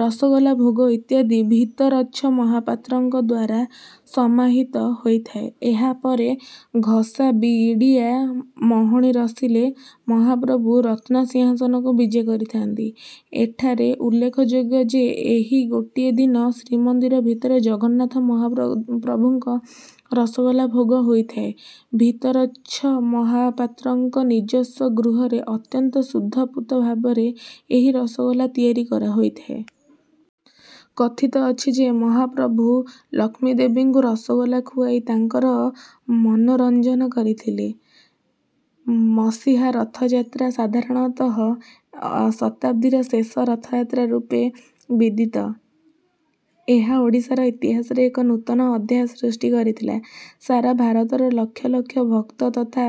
ରସଗୋଲା ଭୋଗ ଇତ୍ୟାଦି ଭିତରଚ୍ଛ ମହାପାତ୍ରଙ୍କ ଦ୍ୱାରା ସମାହିତ ହୋଇଥାଏ। ଏହା ପରେ ଘସା, ବିଡ଼ିଆ ମଣୋହି ସରିଲେ ମହାପ୍ରଭୁ ରତ୍ନସିଂହାସନକୁ ବିଜେ କରିଥାନ୍ତି। ଏଠାରେ ଉଲ୍ଲେଖଯୋଗ୍ୟ ଯେ, ଏହି ଗୋଟିଏ ଦିନ ଶ୍ରୀମନ୍ଦିର ଭିତରେ ଜଗନ୍ନାଥ ମହାପ୍ରଭୁଙ୍କ ରସଗୋଲା ଭୋଗ ହୋଇଥାଏ। ଭିତରଚ୍ଛ ମହାପାତ୍ରଙ୍କ ନିଜସ୍ୱ ଗୃହରେ ଅତ୍ୟନ୍ତ ଶୁଦ୍ଧ ପୂତ ଭାବରେ ଏହି ରସଗୋଲା ତିଆରି ହୋଇଥାଏ। କଥିତ ଅଛି ଯେ, ମହାପ୍ରଭୁ ଲକ୍ଷ୍ମୀଦେବୀଙ୍କୁ ରସଗୋଲା ଖୁଆଇ ତାଙ୍କର ମନୋରଞ୍ଜନ କରିଥିଲେ। ମସିହା ରଥଯାତ୍ରା ସାଧାରଣତଃ ଶତାବ୍ଦୀର ଶେଷ ରଥଯାତ୍ରା ରୂପେ ବିଦିତ। ଏହା ଓଡ଼ିଶା ଇତିହାସରେ ଏକ ନୂତନ ଅଧ୍ୟାୟ ସୃଷ୍ଟି କରିଥିଲା। ସାରା ଭାରତବର୍ଷର ଲକ୍ଷ ଲକ୍ଷ ଭକ୍ତ ତଥା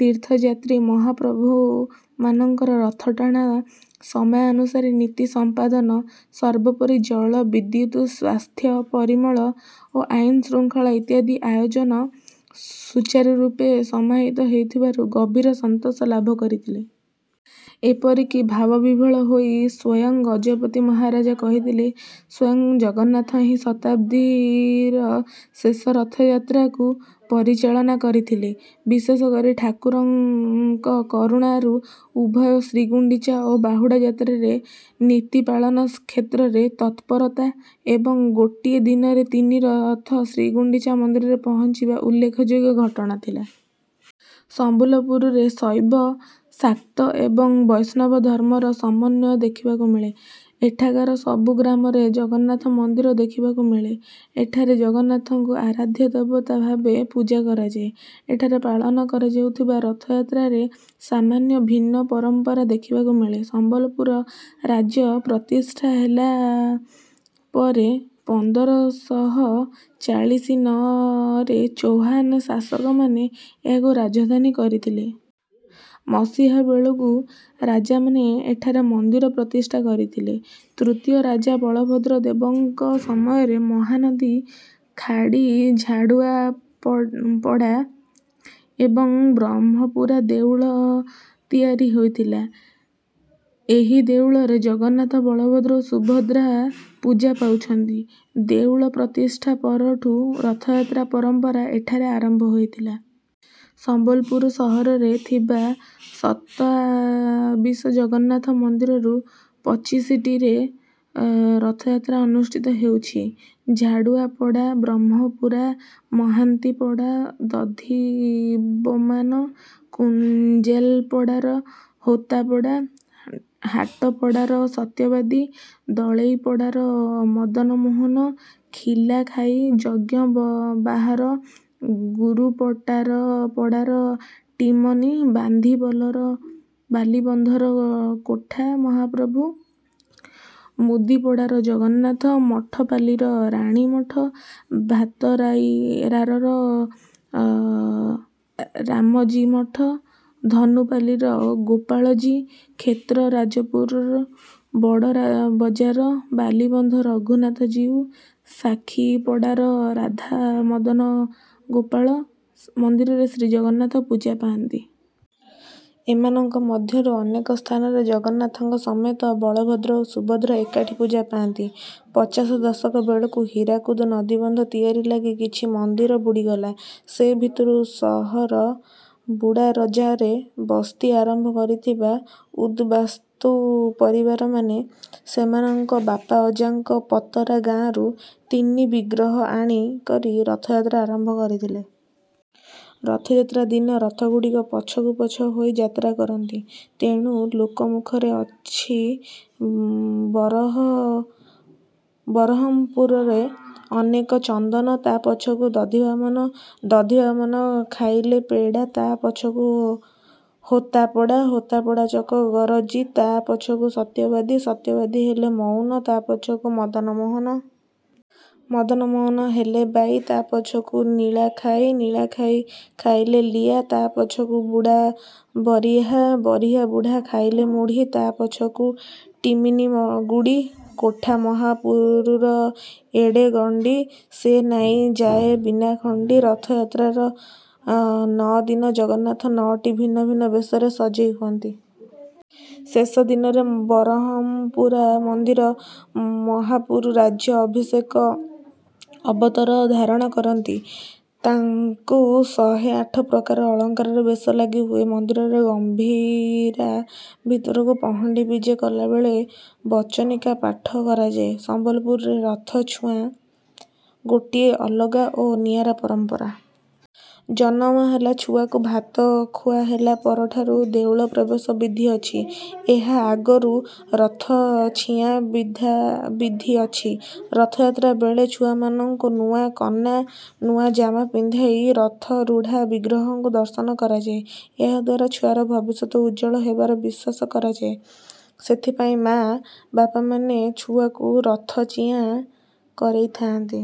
ତୀର୍ଥଯାତ୍ରୀ ମହାପ୍ରଭୁମାନଙ୍କ ରଥଟଣା, ସମୟାନୁସାରେ ନୀତି ସମ୍ପାଦନ, ସର୍ବୋପରି ଜଳ, ବିଦ୍ୟୁତ, ସ୍ୱାସ୍ଥ୍ୟ, ପରିମଳ ଓ ଆଇନ ଶୃଙ୍ଖଳା ଇତ୍ୟାଦିର ଆୟୋଜନ ସୂଚାରୁରୂପେ ସମାହିତ ହୋଇଥିବାରୁ ଗଭୀର ସନ୍ତୋଷ ଲାଭ କରିଥିଲେ। ଏପରିକି ଭାବବିହ୍ୱଳ ହୋଇ ସ୍ୱୟଂ ଗଜପତି ମହାରାଜା କହିଥିଲେ ସ୍ୱୟଂ ଜଗନ୍ନାଥ ହିଁ ଶତାବ୍ଦୀର ଶେଷ ରଥଯାତ୍ରାକୁ ପରିଚାଳନା କରିଥିଲେ। ବିଶେଷ କରି ଠାକୁରଙ୍କ କରୁଣାରୁ ଉଭୟ ଶ୍ରୀଗୁଣ୍ଡିଚା ଓ ବାହୁଡ଼ା ଯାତ୍ରାରେ ନୀତି ପାଳନ କ୍ଷେତ୍ରରେ ତତ୍ପରତା ଏବଂ ଗୋଟିଏ ଦିନରେ ତିନି ରଥ ଶ୍ରୀଗୁଣ୍ଡିଚା ମନ୍ଦିରରେ ପହଞ୍ଚିବା ଉଲ୍ଲେଖଯୋଗ୍ୟ ଘଟଣା ଥିଲା। ସମ୍ବଲପୁରରେ ଶୈବ, ଶାକ୍ତ ଏବଂ ବୈଷ୍ଣବ ଧର୍ମର ସମନ୍ୱୟ ଦେଖିବାକୁ ମିଳେ। ଏଠାକାର ସବୁ ଗ୍ରାମରେ ଜଗନ୍ନାଥ ମନ୍ଦିର ଦେଖିବାକୁ ମିଳେ। ଏଠାରେ ଜଗନ୍ନାଥଙ୍କୁ ଆରାଧ୍ୟ ଦେବତା ଭାବେ ପୂଜା କରାଯାଏ। ଏଠାରେ ପାଳନ କରାଯାଉଥିବା ରଥଯାତ୍ରାରେ ସାମାନ୍ୟ ଭିନ୍ନ ପରମ୍ପରା ଦେଖିବାକୁ ମିଳେ। ସମ୍ବଲପୁର ରାଜ୍ୟ ପ୍ରତିଷ୍ଠା ହେଲା ପରେ ପନ୍ଦର ଶହ ଚାଳିଶି ନଅ ରେ ଚୌହାନ ଶାସକମାନେ ଏହାକୁ ରାଜଧାନୀ କରିଥିଲେ। ମସିହା ବେଳକୁ ରାଜାମାନେ ଏଠାରେ ମନ୍ଦିର ପ୍ରତିଷ୍ଠା କରାଇଥିଲେ। ତୃତୀୟ ରାଜା ବଳଭଦ୍ର ଦେବଙ୍କ ସମୟରେ ମହାନଦୀ ଖାଡ଼ି ଝାଡ଼ୁଆପଡ଼ା ଏବଂ ବ୍ରହ୍ମପୁରା ଦେଉଳ ତିଆରି ହୋଇଥିଲା। ଏହି ଦେଉଳରେ ଜଗନ୍ନାଥ, ବଳଭଦ୍ର ଓ ସୁଭଦ୍ରା ପୂଜା ପାଉଛନ୍ତି। ଦେଉଳ ପ୍ରତିଷ୍ଠା ପରଠୁ ରଥଯାତ୍ରା ପରମ୍ପରା ଏଠାରେ ଆରମ୍ଭ ହୋଇଥିଲା। ସମ୍ବଲପୁର ସହରରେ ଥିବା ସତାବିଶ ଜଗନ୍ନାଥ ମନ୍ଦିରରୁ ପଚିଶ ଟିରେ ରଥଯାତ୍ରା ଅନୁଷ୍ଠିତ ହେଉଛି। ଝାଡ଼ୁଆପଡ଼ା, ବ୍ରହ୍ମପୁରା, ମହାନ୍ତିପଡ଼ା, ଦଧିବମାନ, କୁଞ୍ଜେଲପଡ଼ାର ହୋତାପଡ଼ା, ହାଟପଡ଼ାର ସତ୍ୟବାଦୀ, ଦଳେଇପଡ଼ାର ମଦନମୋହନ, ଲିଆଖାଇ, ଯଜ୍ଞ ବରାହ, ଗୁରୁପଡ଼ାର ଟିମନୀ, ବାଲିବନ୍ଧର କୋଠା ମହାପ୍ରଭୁ, ମୁଦୀପଡ଼ାର ଜଗନ୍ନାଥ, ମଠପାଲିର ରାଣୀମଠ, ଭାତରାର ରାମଜୀ ମଠ, ଧନୁପାଲିର ଗୋପାଳଜୀ, କ୍ଷେତରାଜପୁର, ବଡ଼ବଜାର, ବାଲିବନ୍ଧର ରଘୁନାଥଜୀଉ, ସାକ୍ଷୀପଡ଼ାର ରାଧାମଦନଗୋପାଳ ମନ୍ଦିରରେ ଶ୍ରୀ ଜଗନ୍ନାଥ ପୂଜା ପାଆନ୍ତି। ଏମାନଙ୍କ ମଧ୍ୟରୁ ଅନେକ ସ୍ଥାନରେ ଜଗନ୍ନାଥଙ୍କ ସମେତ ବଳଭଦ୍ର ଓ ସୁଭଦ୍ରା ଏକାଠି ପୂଜା ପାଆନ୍ତି। ପଚାଶ ଦଶକ ବେଳକୁ ହୀରାକୁଦ ନଦୀବନ୍ଧ ତିଆରି ଲାଗି କିଛି ମନ୍ଦିର ବୁଡ଼ିଗଲା। ସେ ଭିତରୁ ସହର ବୁଢ଼ାରଜାରେ ବସ୍ତି ଆରମ୍ଭ କରିଥିବା ଉଦ୍‌ବାସ୍ତୁ ପରିବାରମାନେ ସେମାନଙ୍କ ବାପା ଅଜାଙ୍କ ପତରା ଗାଁରୁ ତିନି ବିଗ୍ରହ ଆଣି କରି ରଥଯାତ୍ରା ଆରମ୍ଭ କରିଥିଲେ। ରଥଯାତ୍ରା ଦିନ ରଥଗୁଡ଼ିକ ପଛକୁ ପଛ ହୋଇ ଯାତ୍ରା କରନ୍ତି। ତେଣୁ ଲୋକମୁଖରେ ଅଛି ବରହମପୁରାର ନାକେ ଚନ୍ଦନ, ତା ପଛକୁ ଦଧିବମାନ। ଦଧିବମାନ ଖାଇଲେ ପେଡ଼ା, ତା ପଛକୁ ହୋତାପଡ଼ା। ହୋତାପଡ଼ା ଚକ ଗରଜି, ତା ପଛକୁ ସତ୍ୟବାଦୀ। ସତ୍ୟବାଦୀ ହେଲେ ମଉନ, ତା ପଛକୁ ମଦନମୋହନ। ମଦନମୋହନ ହେଲେ ବାଈ, ତା ପଛକୁ ଲିଆଖାଇ। ଲିଆଖାଇ ଖାଇଲେ ଲିଆ, ତା ପଛକୁ ବୁଢ଼ା ବରିହା। ବରିହା ବୁଢ଼ା ଖାଇଲେ ମୁଢ଼ି, ତା ପଛକୁ ଟିମିନି ଗୁଡ଼ି। କୋଠା ମହାପୁରୁର ଏଡ଼େ ଗଣ୍ଡି, ସେ ନାଇଁ ଯାଏ ବିନା ଖଣ୍ଡି। ରଥଯାତ୍ରାର ନଅ ଦିନ ଜଗନ୍ନାଥ ନଅଟି ଭିନ୍ନ ଭିନ୍ନ ବେଶରେ ସଜେଇ ହୁଅନ୍ତି। ଶେଷ ଦିନରେ ବରହମପୁରା ମନ୍ଦିରର ମହାପୁରୁ ରାଜ୍ୟ ଅଭିଷେକ ଅବତାର ଧାରଣ କରନ୍ତି। ତାଙ୍କୁ ଶହେ ଆଠ ପ୍ରକାର ଅଳଙ୍କାରରେ ବେଶ ଲାଗି ହୁଏ। ମନ୍ଦିରରେ ଗମ୍ଭୀରା ଭିତରକୁ ପହଣ୍ଡି ବିଜେ କଲାବେଳେ ବଚନିକା ପାଠ କରାଯାଏ। ସମ୍ବଲପୁରରେ ରଥଛିଆଁ ଗୋଟିଏ ଅଲଗା ଓ ନିଆରା ପରମ୍ପରା। ଜନମ ହେଲା ଛୁଆକୁ ଭାତ ଖୁଆ ହେଲା ପରଠୁ ଦେଉଳ ପ୍ରବେଶ ବିଧି ଅଛି। ଏହା ଆଗରୁ ରଥଛିଆଁ ବିଧି ଅଛି। ରଥଯାତ୍ରା ବେଳେ ଛୁଆମାନଙ୍କୁ ନୂଆ କନା ନୂଆ ଜାମା ପିନ୍ଧାଇ ରଥାରୂଢ଼ ବିଗ୍ରହଙ୍କୁ ଦର୍ଶନ କରାଯାଏ। ଏହାଦ୍ୱାରା ଛୁଆର ଭବିଷ୍ୟତ ଉଜ୍ଜ୍ୱଳ ହେବାର ବିଶ୍ୱାସ କରାଯାଏ। ସେଥିପାଇଁ ମା' ବାପାମାନେ ଛୁଆକୁ ରଥଛିଆଁ କରେଇଥାନ୍ତି।